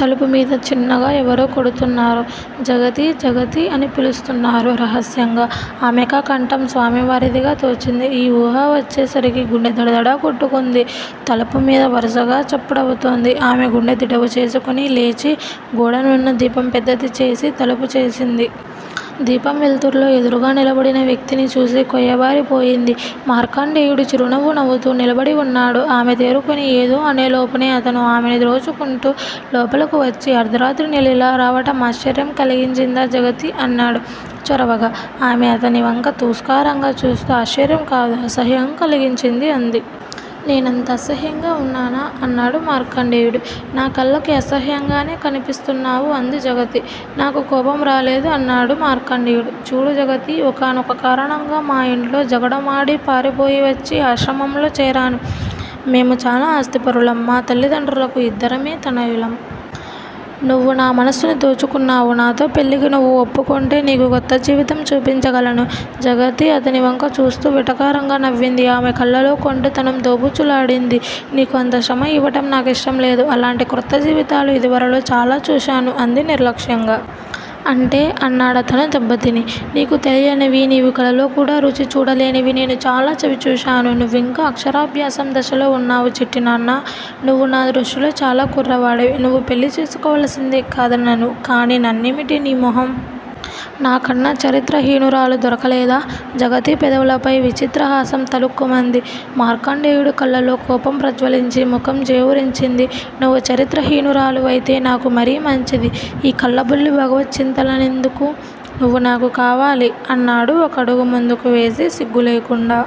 తలుపు మీద చిన్నగా ఎవరో కొడుతున్నారు. జగతీ! జగతీ! అని పిలుస్తున్నారు రహస్యంగా. ఆమెకా కంఠం స్వామి వారిదిగా తోచింది. ఈ ఊహ వచ్చే సరికి గుండె దడదడ కొట్టుకుంది. తలుపు మీద వరుసగా చప్పుడవుతోంది. ఆమె గుండె దిటవు చేసుకుని లేచి, గోడనున్న దీపం పెద్దది చేసి, తలుపుచేసింది. దీపం వెల్తుర్లో ఎదురుగా నిలబడిన వ్యక్తిని చూసి కొయ్యబారి పోయింది. మార్కండేయుడు చిరునవ్వు నవ్వుతూ నిలబడి వున్నాడు. ఆమె తేరుకుని ఏదో అనేలోపునే అతను ఆమెను తోచుకుంటూ లోపలకు వచ్చి, అర్ధరాత్రి నేనిలా రావటం ఆశ్చర్యం కలిగించిందా జగతీ! అన్నాడు చొరవగా. ఆమె అతని వంక తూస్కారంగా చూస్తూ ఆశ్చర్యం కాదు అసహ్యం కలిగించింది అంది. నేనంత అసహ్యంగా వున్నానా? అన్నాడు మార్కండేయుడు. నా కళ్ళకి అసహ్యంగానే కనిపిస్తున్నావు అంది జగతి. నాకు కోపం రాలేదు అన్నాడు మార్కండేయుడు. చూడు జగతీ! ఒకానొక కారణంగా మా యింట్లో జగడమాడి పారిపోయివచ్చి ఆశ్రమంలో చేరాను. మేము చాలా ఆస్తిపరులం. మా తల్లిదండ్రులకు యిద్దరమే తనయులం. నువ్వు నా మనస్సుని దోచుకున్నావు. నాతో పెళ్ళికి నువ్వు ఒప్పుకుంటే నీకు కొత్తజీవితం చూపించగలను. జగతి అతనివంక చూస్తూ వెటకారంగా నవ్వింది. ఆమెకళ్ళలో కొంటె తనం దోబూచులాడింది. నీకు అంత శ్రమ యివ్వటం నాకిష్టం లేదు. అలాంటి క్రొత్త జీవితాలు ఇదివరలో చాలా చూశాను అంది నిర్లక్ష్యంగా. అంటే? అన్నాడతను దెబ్బతిని. నీకు తెలియనివి, నీవు కలలో కూడా రుచి చూడలేనివి నేను చాలా చవి చూశాను. నువ్వింకా అక్షరాభ్యాసం దశలో వున్నావు చిట్టి నాన్నా! నువ్వు నా దృష్టిలో చాలా కుర్రవాడివి. నువ్వు పెళ్ళి చేసుకోవలసిందే. కాదనను. కాని నన్నేమిటి నీ మొహం. నాకన్నా చరిత్ర హీనురాలు దొరకలేదా? జగతి పెదవులపై విచిత్రహాసం తళుక్కుమంది. మార్కండేయుడి కళ్ళలో కోపం ప్రజ్వలించి, ముఖం జేవురించింది. నువ్వు చరిత్ర హీనురాలు వైతే నాకు మరీ మంచిది. ఈ కల్లబొల్లి భగవత్ చింతనలెందుకు? నువ్వు నాకు కావాలి అన్నాడు ఒక అడుగు ముందుకు వేసి సిగ్గు లేకుండా.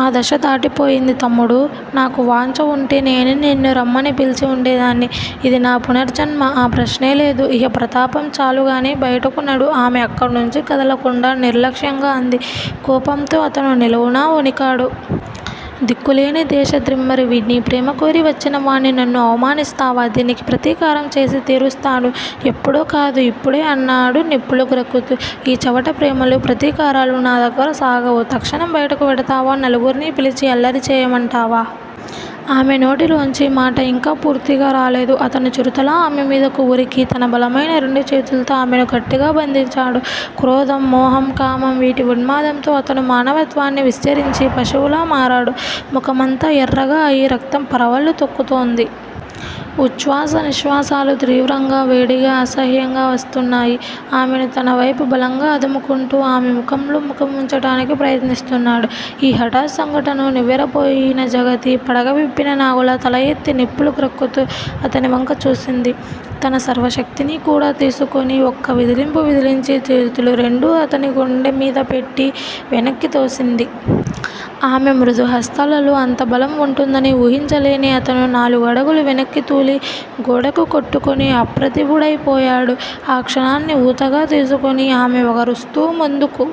ఆ దశ దాటి పోయింది తమ్ముడూ. నాకు వాంఛ వుంటే నేనే నిన్ను రమ్మని పిల్చి వుండేదాన్ని. ఇది నా పునర్జన్మ. ఆ ప్రశ్నే లేదు. ఇహ ప్రతాపం చాలు గాని బయటకు నడు ఆమె అక్కడ్నుంచి కదలకుండా నిర్లక్ష్యంగా అంది. కోపంతో అతను నిలువునా వొణికాడు. దిక్కులేని దేశ ద్రిమ్మరివి, నీ ప్రేమకోరి వచ్చిన వాడ్ని, నన్ను అవమానిస్తావా? దీనికి ప్రతీకారం చేసి తీరుస్తాను. ఎప్పుడో కాదు, యిప్పుడే అన్నాడు నిప్పులు గ్రక్కుతూ. ఈ చవట ప్రేమలూ, ప్రతీకారాలూ నా దగ్గర సాగవు. తక్షణం బయటకు వెడతావా? నలుగుర్నీ పిలిచి అల్లరి చేయమంటావా? ఆమె నోటి లోంచి మాట యింకా పూర్తిగా రాలేదు. అతను చిరుతలా ఆమె మీదకు ఉరికి, తన బలమైన రెండు చేతుల్తో ఆమెను గట్టిగా బంధించాడు. క్రోధం, మోహం, కామం వీటి ఉన్మాదంతో అతను మానవత్వాన్ని విసర్జించి పశువులా మారాడు. ముఖమంతా యెర్రగా అయి, రక్తం పరవళ్ళు తొక్కుతోంది. ఉచ్చ్వాస నిశ్వాసాలు తీవ్రంగా, వేడిగా, అసహ్యంగా వస్తున్నాయి. ఆమెను తన వైపు బలంగా అదుముకుంటూ, ఆమె ముఖంలో ముఖం వుంచటానికి ప్రయత్నిస్తున్నాడు. ఈ హఠాత్ సంఘటన నివ్వెరపోయిన జగతి పడగ విప్పిన నాగులా తల ఎత్తి నిప్పులు గ్రక్కుతూ అతని వంక చూసింది. తన సర్వశక్తినీ కూడ దీసుకుని ఒక్క విదిలింపు విదిలించి, చేతులు రెండూ అతని గుండె మీద పెట్టి వెనక్కి తోసింది. ఆమె మృదు హస్తాలలో అంత బలం వుంటుందని వూహించలేని అతను నాలుగు అడుగులు వెనక్కి తూలి, గోడకు కొట్టుకుని, అప్రతిభుడైపోయాడు. ఆ క్షణాన్ని ఊతగా తీసుకుని ఆమె వగరుస్తూ ముందుకు